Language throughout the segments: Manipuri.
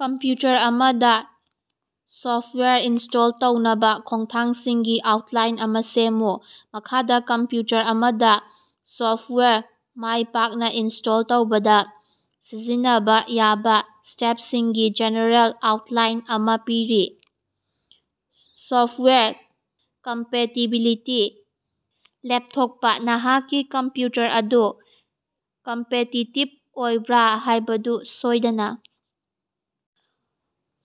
ꯀꯝꯄ꯭ꯌꯨꯇꯔ ꯑꯃꯗꯥ ꯁꯣꯐꯇꯋꯥꯌꯔ ꯏꯟꯁꯇꯣꯜ ꯇꯧꯅꯕꯥ ꯈꯣꯡꯊꯥꯡꯁꯤꯡꯒꯤ ꯑꯥꯎꯇꯂꯥꯏꯟ ꯑꯃꯥ ꯁꯦꯝꯃꯨ꯫ ꯃꯈꯥꯗꯥ ꯀꯝꯞꯌꯨꯇꯔ ꯑꯃꯗꯥ ꯁꯣꯐꯇꯋꯥꯌꯔ ꯃꯥꯢꯄꯥꯛꯅꯥ ꯏꯟꯁꯇꯣꯜ ꯇꯧꯕꯗꯥ ꯁꯤꯖꯤꯟꯅꯕꯥ ꯌꯥꯕꯥ ꯁ꯭ꯇꯦꯞꯁꯤꯡꯒꯤ ꯖꯦꯅꯦꯔꯦꯜ ꯑꯥꯎꯇꯂꯥꯏꯟ ꯑꯃꯥ ꯄꯤꯔꯤ: ꯁꯣꯐꯇꯋꯥꯌꯔ ꯀꯝꯄꯦꯇꯤꯕꯤꯂꯤꯇꯤ ꯂꯦꯄꯊꯣꯀꯄꯥ: ꯅꯍꯥꯛꯀꯤ ꯀꯝꯄ꯭ꯌꯨꯇꯔ ꯑꯗꯨ ꯀꯝꯄꯦꯇꯤꯇꯤꯕ ꯑꯣꯏꯕ꯭ꯔꯥ ꯍꯥꯢꯕꯗꯨ ꯁꯣꯢꯗꯅꯥ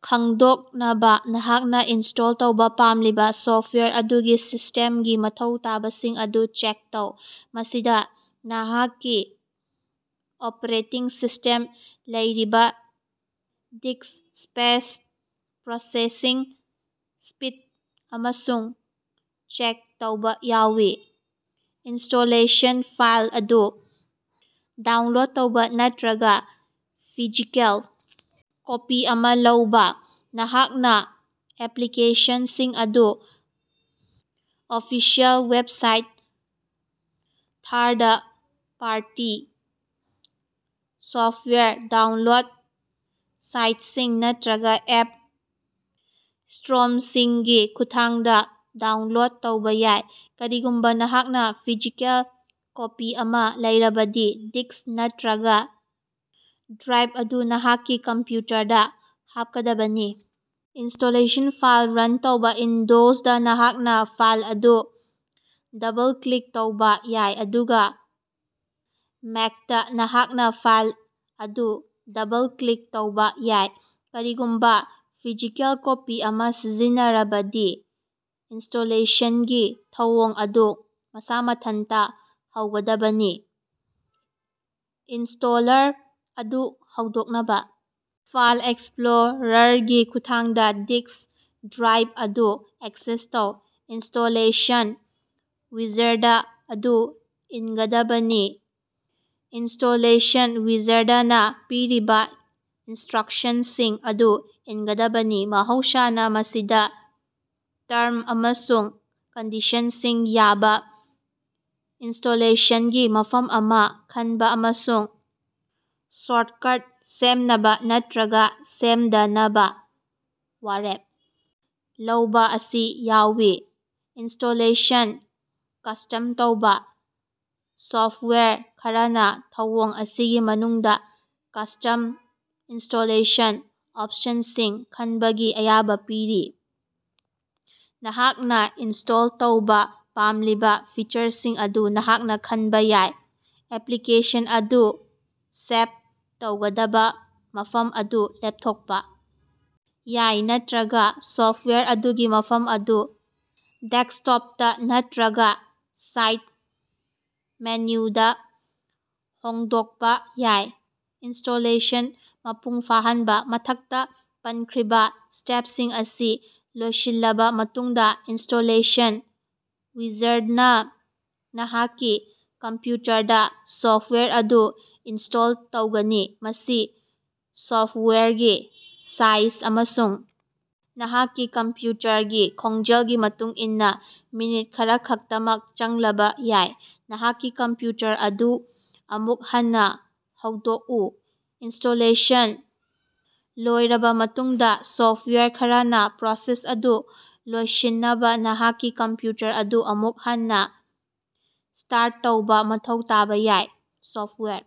ꯈꯪꯗꯣꯛꯅꯕꯥ ꯅꯍꯥꯛꯅꯥ ꯏꯟꯁꯇꯣꯜ ꯇꯧꯕꯥ ꯄꯥꯝꯂꯤꯕꯥ ꯁꯣꯐꯇꯋꯥꯌꯔ ꯑꯗꯨꯒꯤ ꯁꯤꯁꯇꯦꯝꯒꯤ ꯃꯊꯧ ꯇꯥꯕꯁꯤꯡ ꯑꯗꯨ ꯆꯦꯛ ꯇꯧ꯫ ꯃꯁꯤꯗꯥ ꯅꯍꯥꯛꯀꯤ ꯑꯣꯄ꯭ꯔꯦꯇꯤꯡ ꯁꯤꯁꯇꯦꯝ ꯂꯩꯔꯤꯕꯥ ꯗꯤꯁ ꯁ꯭ꯄꯦꯁ, ꯄ꯭ꯔꯣꯁꯦꯁꯤꯡ ꯁ꯭ꯄꯤꯗ ꯑꯃꯁꯨꯡ ꯆꯦꯛ ꯇꯧꯕꯥ ꯌꯥꯎꯏ꯫ ꯏꯟꯁꯇꯣꯂꯦꯁꯟ ꯐꯥꯏꯜ ꯑꯗꯨ ꯗꯥꯎꯅꯂꯣꯗ ꯇꯧꯕꯥ ꯅꯠꯇ꯭ꯔꯒꯥ ꯐꯤꯖꯤꯀꯦꯜ ꯀꯣꯄꯤ ꯑꯃꯥ ꯂꯧꯕꯥ: ꯅꯍꯥꯛꯅꯥ ꯑꯦꯄ꯭ꯂꯤꯀꯦꯁꯟꯁꯤꯡ ꯑꯗꯨ official website third party software download ꯁꯥꯏꯇꯁꯤꯡ ꯅꯠꯇ꯭ꯔꯒꯥ ꯑꯦꯞ ꯁ꯭ꯇꯣꯔꯁꯤꯡꯒꯤ ꯈꯨꯠꯊꯥꯡꯗꯥ ꯗꯥꯎꯅꯂꯣꯗ ꯇꯧꯕꯥ ꯌꯥꯏ꯫ ꯀꯔꯤꯒꯨꯝꯕꯥ ꯅꯍꯥꯛꯅꯥ ꯐꯤꯖꯤꯀꯦꯜ ꯀꯣꯄꯤ ꯑꯃꯥ ꯂꯩꯔꯕꯗꯤ ꯗꯤꯛꯁ ꯅꯠꯇ꯭ꯔꯒꯥ ꯗ꯭ꯔꯥꯏꯚ ꯑꯗꯨ ꯅꯍꯥꯛꯀꯤ ꯀꯝꯄ꯭ꯌꯨꯇꯔꯗꯥ ꯍꯥꯞꯀꯗꯕꯅꯤ꯫ ꯏꯟꯁꯇꯣꯂꯦꯁꯟ ꯐꯥꯏꯜ ꯔꯟ ꯇꯧꯕꯥ: ꯎꯏꯟꯗꯣꯖꯗꯥ ꯅꯍꯥꯛꯅꯥ ꯐꯥꯏꯜ ꯑꯗꯨ ꯗꯕꯜ-ꯀ꯭ꯂꯤꯛ ꯇꯧꯕꯥ ꯌꯥꯏ ꯑꯗꯨꯒꯥ ꯃꯦꯛꯇꯥ ꯅꯍꯥꯛꯅꯥ ꯐꯥꯏꯜ ꯑꯗꯨ ꯗꯕꯜ-ꯀ꯭ꯂꯤꯛ ꯇꯧꯕꯥ ꯌꯥꯏ꯫ ꯀꯔꯤꯒꯨꯝꯕꯥ ꯐꯤꯖꯤꯀꯦꯜ ꯀꯣꯄꯤ ꯑꯃꯥ ꯁꯤꯖꯤꯟꯅꯔꯕꯗꯤ ꯏꯟꯁꯇꯣꯂꯦꯁꯟꯒꯤ ꯊꯧꯑꯣꯡ ꯑꯗꯨ ꯃꯁꯥ ꯃꯊꯟꯇꯥ ꯍꯧꯒꯗꯕꯅꯤ꯫ ꯏꯅꯁ꯭ꯇꯣꯂꯔ ꯑꯗꯨ ꯍꯧꯗꯣꯛꯅꯕꯥ ꯐꯥꯏꯜ ꯑꯦꯛꯁꯄ꯭ꯂꯣꯔꯥꯔꯒꯤ ꯈꯨꯠꯊꯥꯡꯗꯥ ꯗꯤꯛꯁ/ꯗ꯭ꯔꯥꯏꯚ ꯑꯗꯨ ꯑꯦꯛꯁꯦꯁ ꯇꯧ꯫ ꯏꯟꯁꯇꯣꯂꯦꯁꯟ ꯋꯤꯖꯥꯔꯗ ꯑꯗꯨ ꯏꯟꯒꯗꯕꯅꯤ ꯏꯅꯟꯁꯇꯣꯂꯦꯁꯟ ꯋꯤꯖꯥꯔꯗꯅꯥ ꯄꯤꯔꯤꯕꯥ ꯏꯟꯁꯇ꯭ꯔꯛꯁꯟꯁꯤꯡ ꯑꯗꯨ ꯏꯟꯒꯗꯕꯅꯤ꯫ ꯃꯍꯧꯁꯥꯅꯥ ꯃꯁꯤꯗꯥ ꯇꯔꯝ ꯑꯃꯁꯨꯡ ꯀꯟꯗꯤꯁꯟꯁꯤꯡ ꯌꯥꯕꯥ ꯏꯅꯟꯁꯇꯣꯂꯦꯁꯟꯒꯤ ꯃꯐꯝ ꯑꯃꯥ ꯈꯟꯕꯥ ꯑꯃꯁꯨꯡ ꯁꯣꯔꯇꯀꯠ ꯁꯦꯝꯅꯕꯥ ꯅꯠꯇ꯭ꯔꯒꯥ ꯁꯦꯝꯗꯅꯕꯥ ꯋꯥꯔꯦꯞ ꯂꯧꯕꯥ ꯑꯁꯤ ꯌꯥꯎꯏ꯫ ꯏꯟꯁꯇꯣꯂꯦꯁꯟ ꯀꯁ꯭ꯇꯝ ꯇꯧꯕꯥ ꯁꯣꯐꯇꯋꯦꯔ ꯈꯔꯅꯥ ꯊꯧꯑꯣꯡ ꯑꯁꯤꯒꯤ ꯃꯅꯨꯡꯗꯥ ꯀꯁ꯭ꯇꯝ ꯏꯟꯁꯇꯣꯂꯦꯁꯟ ꯑꯣꯄꯁꯟꯁꯤꯡ ꯈꯟꯕꯒꯤ ꯑꯌꯥꯕꯥ ꯄꯤꯔꯤ꯫ ꯅꯍꯥꯛꯅꯥ ꯏꯟꯁꯇꯣꯜ ꯇꯧꯕꯥ ꯄꯥꯝꯂꯤꯕꯥ ꯐꯤꯆꯔꯁꯤꯡ ꯑꯗꯨ ꯅꯍꯥꯛꯅꯥ ꯈꯟꯕꯥ ꯌꯥꯏ ꯑꯦꯄ꯭ꯂꯤꯀꯦꯁꯟ ꯑꯗꯨ ꯁꯦꯚ ꯇꯧꯒꯗꯕꯥ ꯃꯐꯝ ꯑꯗꯨ ꯂꯦꯞꯊꯣꯛꯄꯥ ꯌꯥꯏ ꯅꯠꯇ꯭ꯔꯒꯥ ꯁꯣꯐꯇꯋꯥꯌꯔ ꯑꯗꯨꯒꯤ ꯃꯐꯝ ꯑꯗꯨ ꯗꯦꯁ꯭ꯀꯇꯣꯄꯇꯥ ꯅꯠꯇ꯭ꯔꯒꯥ ꯁ꯭ꯇꯥꯔꯠ ꯃꯦꯅꯨꯗꯥ ꯍꯣꯡꯗꯣꯀꯄꯥ ꯌꯥꯏ꯫ ꯏꯅꯟꯁꯇꯣꯂꯦꯁꯟ ꯃꯄꯨꯡ ꯐꯥꯍꯟꯕꯥ: ꯃꯊꯛꯇꯥ ꯄꯟꯈ꯭ꯔꯤꯕꯥ ꯁ꯭ꯇꯦꯄꯁꯤꯡ ꯑꯁꯤ ꯂꯣꯢꯁꯤꯜꯂꯕꯥ ꯃꯇꯨꯡꯗꯥ, ꯏꯟꯁꯇꯣꯂꯦꯁꯟ ꯋꯤꯖꯥꯔꯗꯅꯥ ꯅꯍꯥꯛꯀꯤ ꯀꯝꯄ꯭ꯌꯨꯇꯔꯗꯥ ꯁꯣꯐꯇꯋꯥꯌꯔ ꯑꯗꯨ ꯏꯅꯁ꯭ꯇꯣꯜ ꯇꯧꯒꯅꯤ꯫ ꯃꯁꯤ ꯁꯣꯐꯇꯋꯥꯌꯔꯒꯤ ꯁꯥꯏꯖ ꯑꯃꯁꯨꯡ ꯅꯍꯥꯛꯀꯤ ꯀꯝꯄ꯭ꯌꯨꯇꯔꯒꯤ ꯈꯣꯡꯖꯦꯜꯒꯤ ꯃꯇꯨꯡꯏꯟꯅꯥ ꯃꯤꯅꯠ ꯈꯔꯈꯛꯇꯃꯛ ꯆꯪꯂꯕꯥ ꯌꯥꯏ꯫ ꯅꯍꯥꯛꯀꯤ ꯀꯝꯄ꯭ꯌꯨꯇꯔ ꯑꯗꯨ ꯑꯃꯨꯛ ꯍꯟꯅꯥ ꯍꯧꯗꯣꯛꯎ ꯏꯅꯟꯁꯇꯣꯂꯦꯁꯟ ꯂꯣꯌꯔꯕꯥ ꯃꯇꯨꯡꯗꯥ ꯁꯣꯐꯇꯋꯥꯌꯔ ꯈꯔꯅꯥ ꯄ꯭ꯔꯣꯁꯦꯁ ꯑꯗꯨ ꯂꯣꯢꯁꯤꯟꯅꯕꯥ ꯅꯍꯥꯛꯀꯤ ꯀꯝꯄ꯭ꯌꯨꯇꯔ ꯑꯗꯨ ꯑꯃꯨꯛ ꯍꯟꯅꯥ ꯁ꯭ꯇꯥꯔꯠ ꯇꯧꯕꯥ ꯃꯊꯧ ꯇꯥꯕꯥ ꯌꯥꯏ꯫ ꯁꯣꯐ꯭ꯇꯋꯦꯔ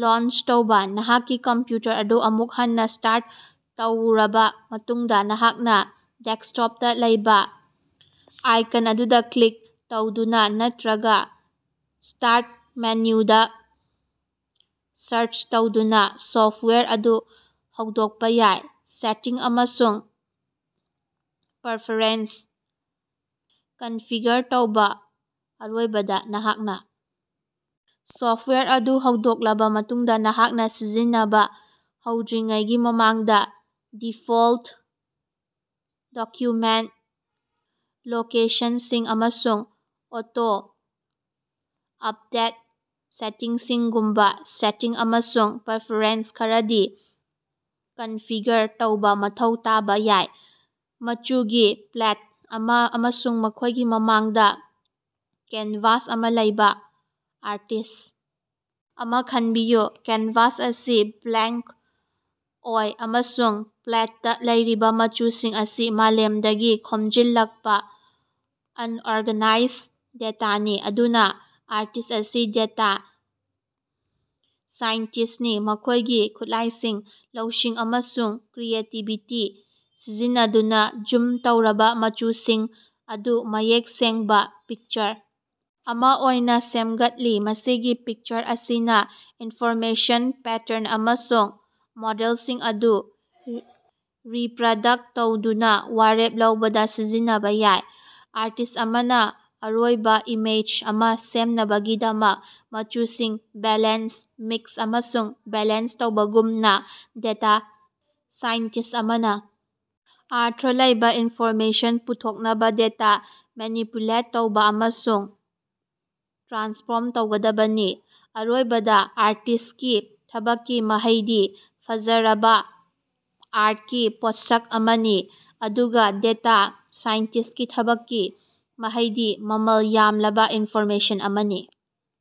ꯂꯣꯟꯆ ꯇꯧꯕꯥ: ꯅꯍꯥꯛꯀꯤ ꯀꯝꯄ꯭ꯌꯨꯇꯔ ꯑꯗꯨ ꯑꯃꯨꯛ ꯍꯟꯅꯥ ꯁ꯭ꯇꯥꯔꯠ ꯇꯧꯔꯕꯥ ꯃꯇꯨꯡꯗꯥ ꯅꯍꯥꯛꯅꯥ ꯗꯦꯛꯁꯇꯣꯞꯇꯥ ꯂꯩꯕꯥ ꯑꯥꯏꯀꯟ ꯑꯗꯨꯗꯥ ꯀ꯭ꯂꯤꯛ ꯇꯧꯗꯨꯅꯥ ꯅꯠꯇ꯭ꯔꯒꯥ ꯁ꯭ꯇꯥꯔꯠ ꯃꯦꯅꯨꯗꯥ ꯁꯥꯔꯆ ꯇꯧꯗꯨꯅꯥ ꯁꯣꯐꯇꯋꯥꯌꯔ ꯑꯗꯨ ꯍꯧꯗꯣꯛꯄꯥ ꯌꯥꯏ꯫ ꯁꯦꯇꯤꯡ ꯑꯃꯁꯨꯡ ꯄꯔꯐꯦꯔꯦꯟꯁ ꯀꯟꯐꯤꯒꯔ ꯇꯧꯕ ꯑꯔꯣꯏꯕꯗꯥ ꯅꯍꯥꯛꯅꯥ ꯁꯣꯐ꯭ꯇꯋꯥꯌꯔ ꯑꯗꯨ ꯍꯧꯗꯣꯛꯂꯕꯥ ꯃꯇꯨꯡꯗꯥ ꯅꯍꯥꯛꯅꯥ ꯁꯤꯖꯤꯟꯅꯕꯥ ꯍꯧꯗ꯭ꯔꯤꯉꯩꯒꯤ ꯃꯃꯥꯡꯗꯥ ꯗꯤꯐꯣꯜꯇ ꯗꯣꯀ꯭ꯌꯨꯃꯦꯟꯇ ꯂꯣꯀꯦꯁꯟꯁꯤꯡ ꯑꯃꯁꯨꯡ ꯑꯣꯇꯣ-ꯎꯞꯗꯦꯠ ꯁꯦꯇꯤꯡꯁꯤꯡꯒꯨꯝꯕꯥ ꯁꯦꯇꯤꯡ ꯑꯃꯁꯨꯡ ꯄꯔꯐꯦꯔꯦꯟꯁ ꯈꯔꯗꯤ ꯀꯟꯐꯤꯒꯔ ꯇꯧꯕꯥ ꯃꯊꯧ ꯇꯥꯕꯥ ꯌꯥꯏ꯫ ꯃꯆꯨꯒꯤ ꯄꯦꯂꯦꯠ ꯑꯃꯥ ꯑꯃꯁꯨꯡ ꯃꯈꯣꯢꯒꯤ ꯃꯃꯥꯡꯗꯥ ꯀꯦꯟꯚꯥꯁ ꯑꯃꯥ ꯂꯩꯕꯥ ꯑꯥꯔꯇꯤꯁ꯭ ꯑꯃꯥ ꯈꯟꯕꯤꯌꯨ꯫ ꯀꯦꯟꯚꯥꯁ ꯑꯁꯤ ꯕ꯭ꯂꯦꯡꯀ ꯑꯣꯢ ꯑꯃꯁꯨꯡ ꯄꯦꯂꯦꯠꯇꯥ ꯂꯩꯔꯤꯕꯥ ꯃꯆꯨꯁꯤꯡ ꯑꯁꯤ ꯃꯥꯂꯦꯝꯗꯒꯤ ꯈꯣꯃꯖꯤꯜꯂꯛꯄꯥ ꯑꯟꯑꯣꯔꯒꯅꯥꯏꯖ ꯗꯦꯇꯥꯅꯤ꯫ ꯑꯗꯨꯅꯥ ꯑꯥꯔꯇꯤꯁ꯭ꯠ ꯑꯁꯤ ꯗꯦꯇꯥ ꯁꯥꯏꯟꯇꯤꯁ꯭ꯇꯅꯤ, ꯃꯈꯣꯢꯒꯤ ꯈꯨꯠꯂꯥꯢꯁꯤꯡ ꯂꯧꯁꯤꯡ ꯑꯃꯁꯨꯡ ꯀ꯭ꯔꯤꯌꯦꯇꯤꯕꯤꯇꯤ ꯁꯤꯖꯤꯟꯅꯗꯨꯅꯥ ꯖꯨꯝ ꯇꯧꯔꯕꯥ ꯃꯆꯨꯁꯤꯡ ꯑꯗꯨ ꯃꯌꯦꯛ ꯁꯦꯡꯕꯥ ꯄꯤꯀꯆꯔ ꯑꯃꯥ ꯑꯣꯏꯅꯥ ꯁꯦꯃꯒꯠꯂꯤ꯫ ꯃꯁꯤꯒꯤ ꯄꯤꯛꯆꯔ ꯑꯁꯤꯅꯥ ꯏꯟꯐꯣꯔꯃꯦꯁꯟ, ꯄꯦꯇꯔꯟ ꯑꯃꯁꯨꯡ ꯃꯣꯗꯦꯂꯁꯤꯡ ꯑꯗꯨ ꯔꯤꯞꯔꯗꯛꯇ ꯇꯧꯗꯨꯅꯥ ꯋꯥꯔꯦꯞ ꯂꯧꯕꯗꯥ ꯁꯤꯖꯤꯟꯅꯕꯥ ꯌꯥꯏ꯫ ꯑꯥꯔꯇꯤꯁ ꯑꯃꯅꯥ ꯑꯔꯣꯏꯕꯥ ꯏꯃꯦꯖ ꯑꯃꯥ ꯁꯦꯝꯅꯕꯒꯤꯗꯃꯛ ꯃꯆꯨꯁꯤꯡ ꯕ꯭ꯂꯦꯟꯗ, ꯃꯤꯛꯁ ꯑꯃꯁꯨꯡ ꯕꯦꯂꯦꯟꯁ ꯇꯧꯕꯒꯨꯝꯅꯥ, ꯗꯦꯇꯥ ꯁꯥꯏꯟꯇꯤꯁ꯭ꯠ ꯑꯃꯅꯥ ꯑꯔꯊ ꯂꯩꯕꯥ ꯏꯟꯐꯣꯔꯃꯦꯁꯟ ꯄꯨꯊꯣꯛꯅꯕꯥ ꯗꯦꯇꯥ ꯃꯦꯅꯤꯄꯨꯂꯦꯠ ꯇꯧꯕꯥ ꯑꯃꯁꯨꯡ ꯇ꯭ꯔꯥꯟꯁꯐꯣꯔꯝ ꯇꯧꯒꯗꯕꯅꯤ꯫ ꯑꯔꯣꯏꯕꯗꯥ ꯑꯥꯔꯇꯤꯁ ꯀꯤ ꯊꯕꯛꯀꯤ ꯃꯍꯩꯗꯤ ꯐꯖꯔꯕꯥ ꯑꯥꯔꯇꯀꯤ ꯄꯣꯠꯁꯛ ꯑꯃꯅꯤ ꯑꯗꯨꯒꯥ ꯗꯦꯇꯥ ꯁꯥꯏꯟꯇꯤꯁꯀꯤ ꯊꯕꯛꯀꯤ ꯃꯍꯩꯗꯤ ꯃꯃꯜ ꯌꯥꯝꯂꯕꯥ ꯏꯟꯐꯣꯔꯃꯦꯁꯟ ꯑꯃꯅꯤ꯫